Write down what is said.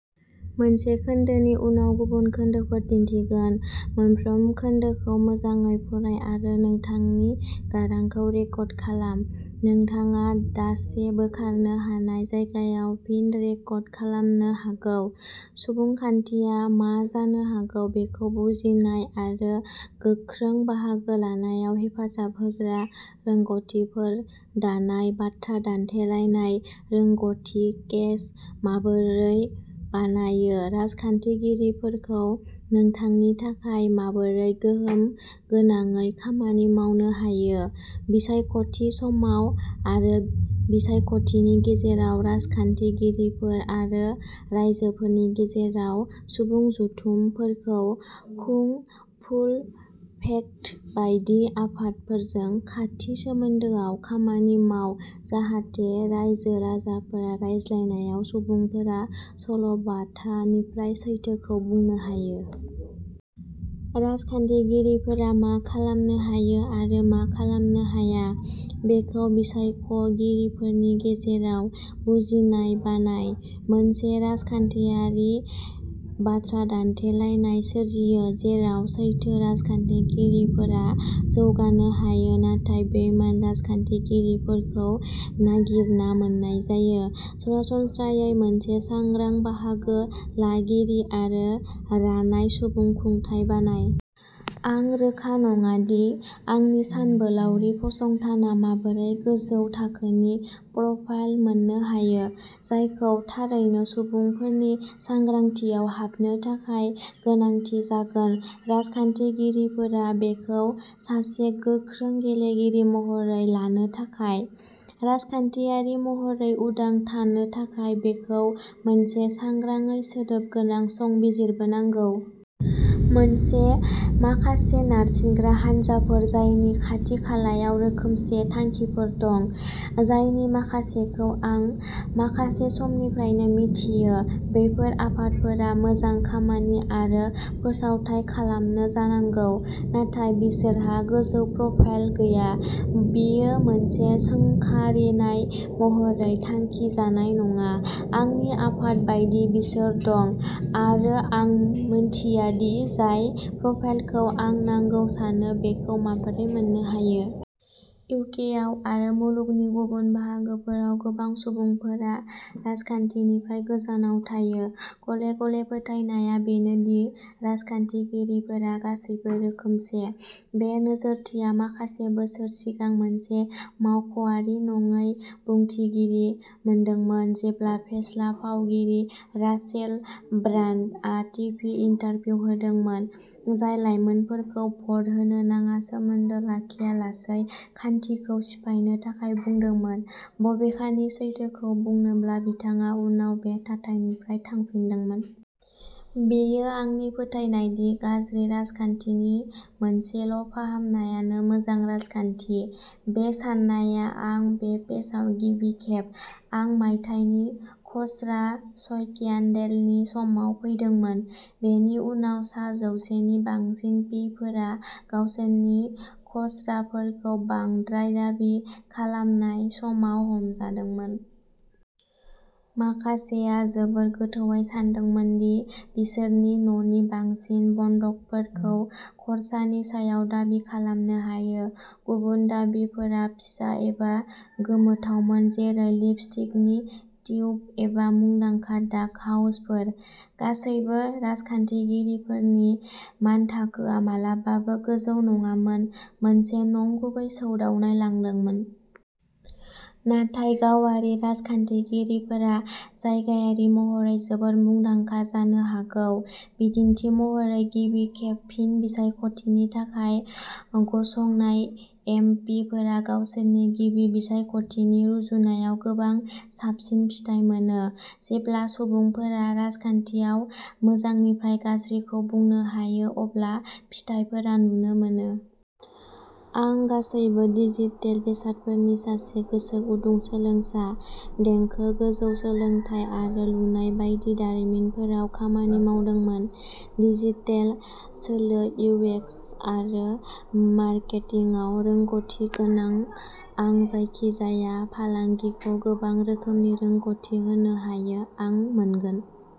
सुबुंखान्थिआ मा जानो हागौ बेखौ बुजिनाय आरो गोख्रों बाहागो लानायाव हेफाजाब होग्रा रोंगथिफोर दानाय बाथ्रा दान्थेलायनाय रोंगथि केस माबोरै बानायो राजखान्थिगिरिफोरखौ नोंथांनि थाखाय माबोरै गोहोम गोनाङै खामानि मावनो हायो। बिसायखथि समाव आरो बिसायखथिनि गेजेराव राजखान्थिगिरिफोर आरो राइजोफोरनि गेजेराव सुबुं जथुमफोरखौ खुं फुलफेक्ट बायदि आफादफोरजों खाथि सोमोन्दोआव खामानि माव जाहाथे रायजो राजाफोरा रायज्लायनायाव सुबुंफोरा सल'बाथानिफ्राय सैथोखौ बुंनो हायो। राजखान्थिगिरिफोरा मा खालामनो हायो आरो मा खालामनो हाया बेखौ बिसायख'गिरिफोरनि गेजेराव बुजिनाय बानाय। मोनसे राजखान्थियारि बाथ्रा दान्थेलायनाय सोरजियो जेराव सैथो राजखान्थिगिरिफोरा जौगानो हायो नाथाय बेइमान राजखान्थिगिरिफोरखौ नागिरना मोन्नाय जायो। सरासनस्रायै मोनसे सांग्रां बाहागो लागिरि आरो रानाय सुबुंखुंथाइ बानाय। आं रोखा नङा दि आंनि सानबोलावरि फसंथाना माबोरै गोजौ थाखोनि प्रफाइल मोननो हायो जायखौ थारैनो सुबुंफोरनि सांग्रांथियाव हाबनो थाखाय गोनांथि जागोन राजखान्थिगिरिफोरा बेखौ सासे गोख्रों गेलेगिरि महरै लानो थाखाय। राजखान्थियारि महरै उदां थानो थाखाय बेखौ मोनसे सांग्राङै सोदोब गोनां संबिजिरबो नांगौ। मोनसे माखासे नारसिनग्रा हानजाफोर जायनि खाथि खालायाव रोखोमसे थांखिफोर दं जायनि माखासेखौ आं माखासे समनिफ्रायनो मिथियो बेफोर आफादफोरा मोजां खामानि आरो फोसावथाय खालामो जानांगौ नाथाय बिसोरहा गोजौ प्रफाइल गैया। बेयो मोनसे सोंखारिनाय महरै थांखि जानाय नङा आंनि आफाद बायदि बिसोर दं आरो आं मिन्थिया दि जाय प्रफाइलखौ आं नांगौ सानो बेखौ माबोरै मोन्नो हायो। इउकेआव आरो मुलुगनि गुबुन बाहागोफोराव गोबां सुबुंफोरा राजखान्थिनिफ्राय गोजानाव थायो। गले गले फोथायनायआ बेनो दि राजखान्थिगिरिफोरा गासैबो रोखोमसे। बे नोजोरथिया माखासे बोसोर सिगां मोनसे मावख'आरि नङै बुंथिगिरि मोनदोंमोन जेब्ला फेस्ला फावगिरि रासेल ब्रान्डआ टिभि इन्टारभिउ होदोंमोन जाय लाइमोनफोरखौ भ'ट होनो नाङा सोमोन्दो लाखियालासै खान्थिखौ सिफायनो थाखाय बुंदोंमोन बबेखानि सैथोखौ बुंनोब्ला बिथाङा उनाव बे थाथाइनिफ्राय थांफिनदोंमोन। बेयो आंनि फोथायनाय दि गाज्रि राजखान्थिनि मोनसेल'फाहामनायानो मोजां राजखान्थि। बे साननाया आं बे पेजआव गिबि खेब आं मायथाइनि खर्सा स्क्यान्डेलनि समाव फैदोंमोन। बेनि उनाव सा जौसे नि बांसिन पि फोरा गावसोरनि खर्साफोरखौ बांद्राय दाबि खालामनाय समाव हमजादोंमोन। माखासेआ जोबोद गोथौवै सानदोंमोन दि बिसोरनि न'नि बांसिन बन्दकफोरखौ खरसानि सायाव दाबि खालामनो हायो गुबुन दाबिफोरा फिसा एबा गोमोथावमोन जेरै लिपस्टिकनि टिउब एबा मुंदांखा डाक हाउसफोर। गासैबो राजखान्थिगिरिफोरनि मानथाखोआ माब्लाबाबो गोजौ नङामोन मोनसे नंगुबै सौदावनाय लादोंमोन। नाथाय गावारि राजखान्थिगिरिफोरा जायगायारि महरै जोबोद मुंदांखा जानो हागौ बिदिन्थि महरै गिबि खेब फिन बिसायख'थिनि थाखाय गसंनाय एम पि फोरा गावसोरनि गिबि बिसायख'थिनि रुजुनायाव गोबां साबसिन फिथाय मोनो। जेब्ला सुबुंफोरा राजखान्थियाव मोजांनिफ्राय गाज्रिखौ बुंनो हायो अब्ला फिथायफोरा नुनो मोनो। आं गासैबो डिजिटेल बेसादफोरनि सासे गोसोगुदुं सोलोंसा देंखो गोजौ सोलोंथाय आरो लुनाय बायदि दारिमिनफोराव खामानि मावदोंमोन। डिजिटेल सोलो इउएक्स आरो मार्केटिंआव रोंग'थि गोनां आं जायखिजाया फालांगिखौ गोबां रोखोमनि रोंग'थि होनो हायो आं मोनगोन।